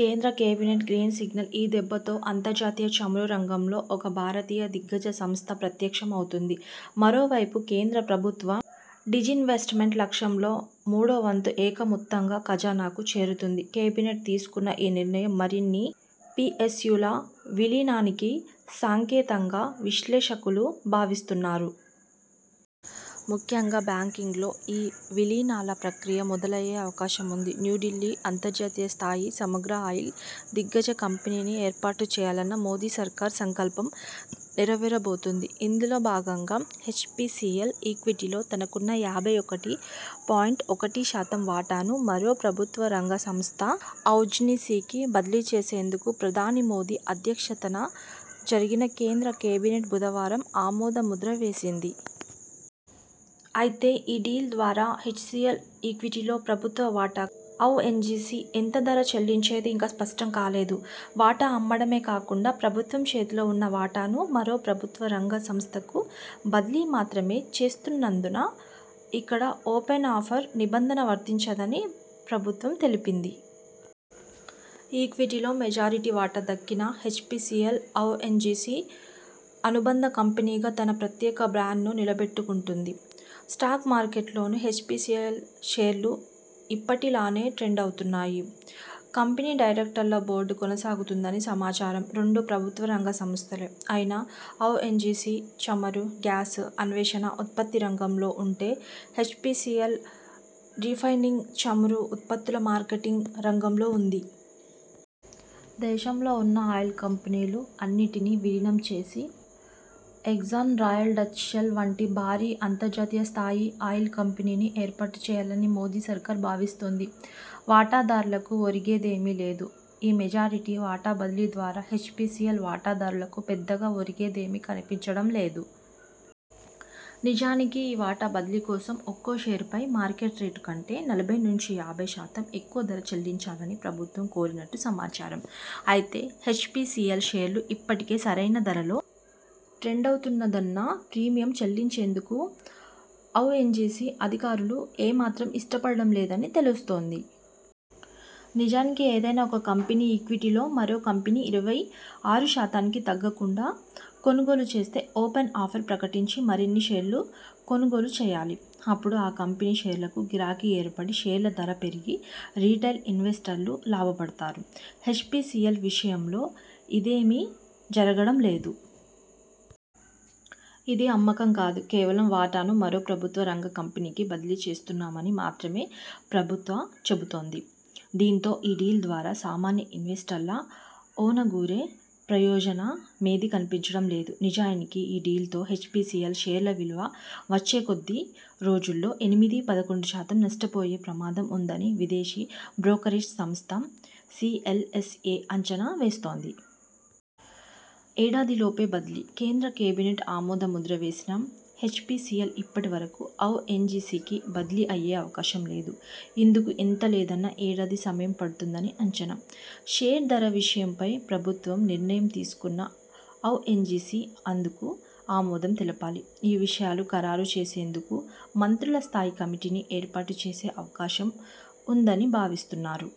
కేంద్ర cabinet green signal ఈ దెబ్బతో అంతర్జాతీయ చమురు రంగంలో ఒక భారతీయ దిగ్గజ సంస్థ ప్రత్యక్ష మవుతుంది. మరోవైపు కేంద్ర ప్రభుత్వ డిజిన్వెస్ట్మెంట్ లక్ష్యంలో మూడో వంతు ఏక మొత్తంగా ఖజానాకు చేరుతుంది. కేబినెట్ తీసుకున్న ఈ నిర్ణయం మరిన్ని పిఎస్యుల విలీనానికి సంకేతంగా విశ్లేషకులు భావిస్తున్నారు. ముఖ్యంగా బ్యాంకింగ్లో ఈ విలీనాల ప్రక్రియ మొదలయ్యే అవకాశం ఉంది. న్యూఢిల్లీ అంతర్జాతీయ స్థాయి సమగ్ర ఆయిల్ దిగ్గజ కంపెనీని ఏర్పాటు చేయాలన్న మోదీ సర్కార్ సంకల్పం నెరవేర బోతోంది. ఇందులో భాగంగా హెచ్పిసిఎల్ ఈక్విటీలో తనకున్న యాభై ఒకటి పాయింట్ ఒకటి శాతం వాటాను మరో ప్రభుత్వ రంగ సంస్థ ఔన్జిసికి బదిలీ చేసేందుకు ప్రధాని మోదీ అధ్యక్షతన జరిగిన కేంద్ర కేబినెట్ బుధవారం ఆమోద ముద్ర వేసింది. అయితే ఈ డీల్ ద్వారా హెచ్పిసిఎల్ ఈక్విటీలో ప్రభుత్వ వాటాకు ఔన్జిసి, ఎంత ధర చెల్లించేది ఇంకా స్పష్టం కాలేదు. వాటా అమ్మడమే కాకుండా ప్రభుత్వం చేతిలో ఉన్న వాటాను మరో ప్రభుత్వ రంగ సంస్థకు బదిలీ మాత్రమే చేస్తున్నందున, ఇక్కడ ఓపెన్ ఆఫర్ నిబంధన వర్తించదని ప్రభుత్వం తెలిపింది. ఈక్విటీలో మెజారిటీ వాటా దక్కినా హెచ్పిసిఎల్, ఔన్జిసి అనుబంధ కంపెనీగా తన ప్రత్యేక బ్రాండ్ను నిలబెట్టుకుంటుంది. స్టాక్ మార్కెట్లోనూ హెచ్పిసిఎల్ షేర్లు ఇప్పటిలానే ట్రేడవుతాయి. కంపెనీ డైరెక్టర్ల బోర్డూ కొనసాగుతుందని సమాచారం. రెండూ ప్రభుత్వ రంగ సంస్థలే అయినా ఔన్జిసి చమురు, గ్యాస్ అన్వేషణ, ఉత్పత్తి రంగంలో ఉంటే, హెచ్పిసిఎల్ రిఫైనింగ్, చమురు ఉత్పత్తుల మార్కెటింగ్ రంగంలో ఉంది. దేశంలో ఉన్న ఆయిల్ కంపెనీలు అన్నిటిని విలీనం చేసి ఎగ్జాన్, రాయల్ డచ్ షెల్ వంటి భారీ అంతర్జాతీయ స్థాయి ఆయిల్ కంపెనీని ఏర్పాటు చేయాలని మోదీ సర్కార్ భావిస్తోంది. వాటా దార్లకు ఒరిగేదీమీ లేదు ఈ మెజారిటీ వాటా బదిలీ ద్వారా హెచ్పిసిఎల్ వాటాదారులకు పెద్దగా ఒరిగేదేమీ కనిపించడం లేదు. నిజానికి ఈ వాటా బదిలీ కోసం, ఒక్కో షేరుపై మార్కెట్ రేటు కంటే నలభై నుంచి యాభై శాతం ఎక్కువ ధర చెల్లించాలని ప్రభుత్వం కోరినట్టు సమాచారం. అయితే హెచ్పిసిఎల్ షేర్లు ఇప్పటికే సరైన ధరలో ట్రేడవుతున్నందున ప్రీమియం చెల్లించేందుకు ఔన్జిసి అధికారులు ఏ మాత్రం ఇష్టపడటం లేదని తెలుస్తోంది. నిజానికి ఏదైనా ఒక కంపెనీ ఈక్విటీలో మరో కంపెనీ ఇరవై ఆరు శాతానికి తగ్గకుండా కొనుగోలు చేస్తే ఓపెన్ ఆఫర్ ప్రకటించి మరిన్ని షేర్లు కొనుగోలు చేయాలి. అపుడు ఆ కంపెనీ షేర్లకు గిరాకీ ఏర్పడి షేర్ల ధర పెరిగి రిటైల్ ఇన్వెస్టర్లూ లాభపడతారు. హెచ్పిసిఎల్ విషయంలో ఇదే మీ జరగడం లేదు. ఇది అమ్మకం కాదు, కేవలం వాటాను మరో ప్రభుత్వ రంగ కంపెనీకి బదిలీ చేస్తున్నామని మాత్రమే ప్రభుత్వ చెబుతోంది. దీంతో ఈ డీల్ ద్వారా సామాన్య ఇన్వెస్టర్ల ఒనగూరే ప్రయోజన మేదీ కనిపించడం లేదు. నిజానికి ఈ డీల్తో హెచ్పిసిఎల్ షేర్ల విలువ వచ్చే కొద్ది రోజుల్లో ఎనిమిది పదకొండు శాతం నష్ట పోయే ప్రమాదం ఉందని విదేశీ బ్రోకరేజ్ సంస్థ సిఎల్ఎస్ ఎ అంచనా వేస్తోంది. ఏడాది లోపే బదిలీ! కేంద్ర కేబినెట్ ఆమోద ముద్ర వేసినా హెచ్పిసిఎల్ ఇప్పటికిప్పుడు ఔన్జిసికి బదిలీ అయ్యే అవకాశం లేదు. ఇందుకు ఎంత లేదన్నా ఏడాది సమయం పడుతుందని అంచనా. షేరు ధర విషయంపై ప్రభుత్వం నిర్ణయం తీసుకున్నా, ఔన్జిసి అందుకు ఆమోదం తెలపాలి. ఈ విషయాలు ఖరారు చేసేందుకు మంత్రుల స్థాయి కమిటీని ఏర్పాటు చేసే అవకాశం ఉందని భావిస్తున్నారు.